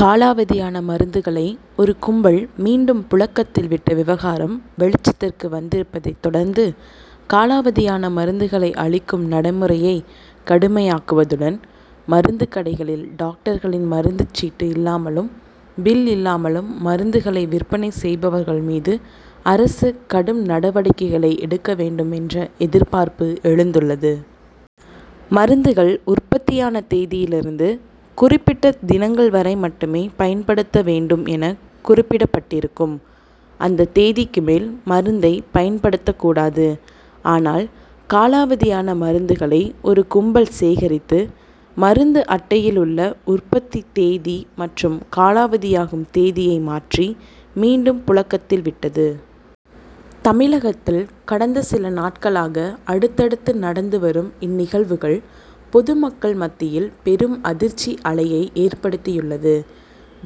காலாவதியான மருந்துகளை ஒரு கும்பல் மீண்டும் புழக்கத்தில் விட்ட விவகாரம் வெளிச்சத்திற்கு வந்திருப்பதைத் தொடர்ந்து, காலாவதியான மருந்துகளை அழிக்கும் நடைமுறையை கடுமையாக்குவதுடன், மருந்துக் கடைகளில் டாக்டர்களின் மருந்துச் சீட்டு இல்லாமலும், பில் இல்லாமலும் மருந்துகளை விற்பனை செய்பவர்கள் மீது அரசு கடும் நடவடிக்கைகளை எடுக்க வேண்டும் என்ற எதிர்பார்ப்பு எழுந்துள்ளது. மருந்துகள் உற்பத்தியான தேதியிலிருந்து, குறிப்பிட்ட தினங்கள் வரை மட்டுமே பயன்படுத்த வேண்டும் என குறிப்பிடப்பட்டிருக்கும். அந்த தேதிக்கு மேல் மருந்தை பயன்படுத்தக் கூடாது. ஆனால், காலாவதியான மருந்துகளை ஒரு கும்பல் சேகரித்து, மருந்து அட்டையில் உள்ள உற்பத்தி தேதி மற்றும் காலாவதியாகும் தேதியை மாற்றி, மீண்டும் புழக்கத்தில் விட்டது. தமிழகத்தில் கடந்த சில நாட்களாக அடுத்தடுத்து நடந்து வரும் இந்நிகழ்வுகள், பொதுமக்கள் மத்தியில் பெரும் அதிர்ச்சி அலையை ஏற்படுத்தியுள்ளது.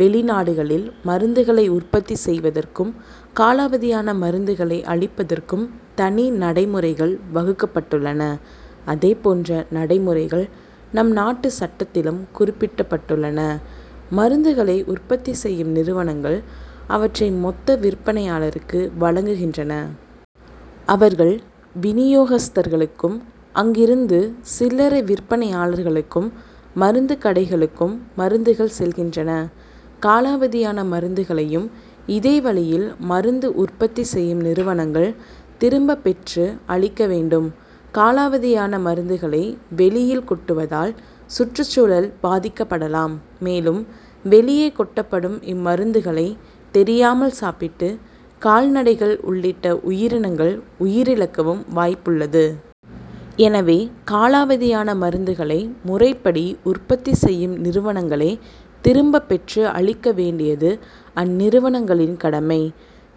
வெளிநாடுகளில் மருந்துகளை உற்பத்தி செய்வதற்கும், காலாவதியான மருந்துகளை அழிப்பதற்கும் தனி நடைமுறைகள் வகுக்கப் பட்டுள்ளன. அதே போன்ற நடைமுறைகள் நம் நாட்டு சட்டத்திலும் குறிப்பிடப்பட்டுள்ளன. மருந்துகளை உற்பத்தி செய்யும் நிறுவனங்கள், அவற்றை மொத்த விற்பனையாளருக்கு வழங்குகின்றன. அவர்கள் வினியோகஸ்தர்களுக்கும், அங்கிருந்து சில்லரை விற்பனையாளர்களுக்கும், மருந்துக் கடைகளுக்கும் மருந்துகள் செல்கின்றன. காலாவதியான மருந்துகளையும் இதே வழியில் மருந்து உற்பத்தி செய்யும் நிறுவனங்கள் திரும்பப் பெற்று அழிக்க வேண்டும். காலாவதியான மருந்துகளை வெளியில் கொட்டுவதால், சுற்றுச்சூழல் பாதிக்கப்படலாம். மேலும், வெளியே கொட்டப்படும் இம்மருந்துகளை தெரியாமல் சாப்பிட்டு, கால்நடைகள் உள்ளிட்ட உயிரினங்கள் உயிரிழக்கவும் வாய்ப்புள்ளது. எனவே, காலாவதியான மருந்துகளை, முறைப்படி உற்பத்தி செய்யும் நிறுவனங்களே திரும்பப் பெற்று அழிக்க வேண்டியது அந்நிறுவனங்களின் கடமை.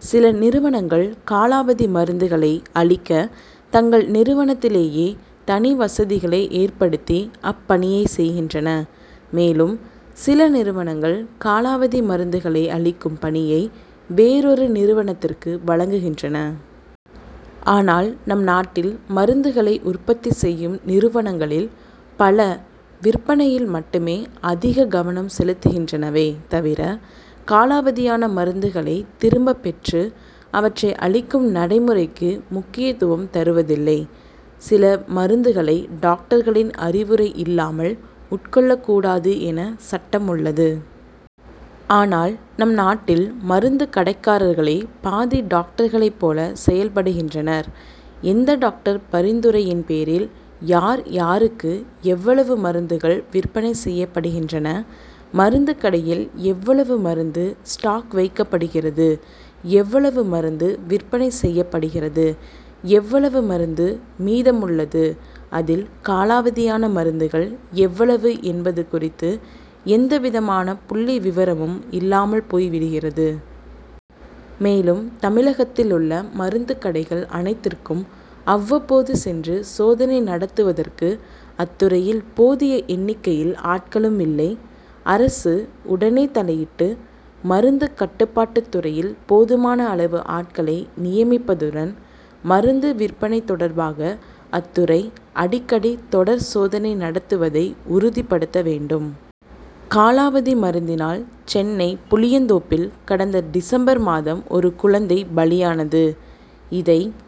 சில நிறுவனங்கள் காலாவதி மருந்துகளை அழிக்க, தங்கள் நிறுவனத்திலேயே தனி வசதிகளை ஏற்படுத்தி அப்பணியைச் செய்கின்றன. மேலும், சில நிறுவனங்கள் காலாவதி மருந்துகளை அழிக்கும் பணியை வேறொரு நிறுவனத்திற்கு வழங்குகின்றன. ஆனால், நம் நாட்டில் மருந்துகளை உற்பத்தி செய்யும் நிறுவனங்களில் பல, விற்பனையில் மட்டுமே அதிக கவனம் செலுத்துகின்றனவே தவிர, காலாவதியான மருந்துகளை திரும்பப் பெற்று அவற்றை அழிக்கும் நடைமுறைக்கு முக்கியத்துவம் தருவதில்லை. சில மருந்துகளை டாக்டர்களின் அறிவுரை இல்லாமல் உட்கொள்ளக் கூடாது என சட்டம் உள்ளது. ஆனால், நம் நாட்டில் மருந்துக் கடைக்காரர்களே பாதி டாக்டர்களைப் போல செயல்படுகின்றனர். எந்த டாக்டர் பரிந்துரையின் பேரில், யார், யாருக்கு எவ்வளவு மருந்துகள் விற்பனை செய்யப்படுகின்றன, மருந்துக் கடையில் எவ்வளவு மருந்து ஸ்டாக் வைக்கப்படுகிறது, எவ்வளவு மருந்து விற்பனை செய்யப்படுகிறது, எவ்வளவு மருந்து மீதமுள்ளது, அதில் காலாவதியான மருந்துகள் எவ்வளவு என்பது குறித்து எந்தவிதமான புள்ளி விவரமும் இல்லாமல் போய் விடுகிறது. மேலும், தமிழகத்தில் உள்ள மருந்துக் கடைகள் அனைத்திற்கும் அவ்வப்போது சென்று சோதனை நடத்துவதற்கு, அத்துறையில் போதிய எண்ணிக்கையில் ஆட்களும் இல்லை. அரசு உடனே தலையிட்டு, மருந்துக் கட்டுப்பாட்டுத் துறையில் போதுமான அளவு ஆட்களை நியமிப்பதுடன், மருந்து விற்பனை தொடர்பாக அத்துறை அடிக்கடி தொடர் சோதனை நடத்துவதை உறுதிப்படுத்த வேண்டும். காலாவதி மருந்தினால், சென்னை புளியந்தோப்பில் கடந்த டிசம்பர் மாதம் ஒரு குழந்தை பலியானது. இதைத்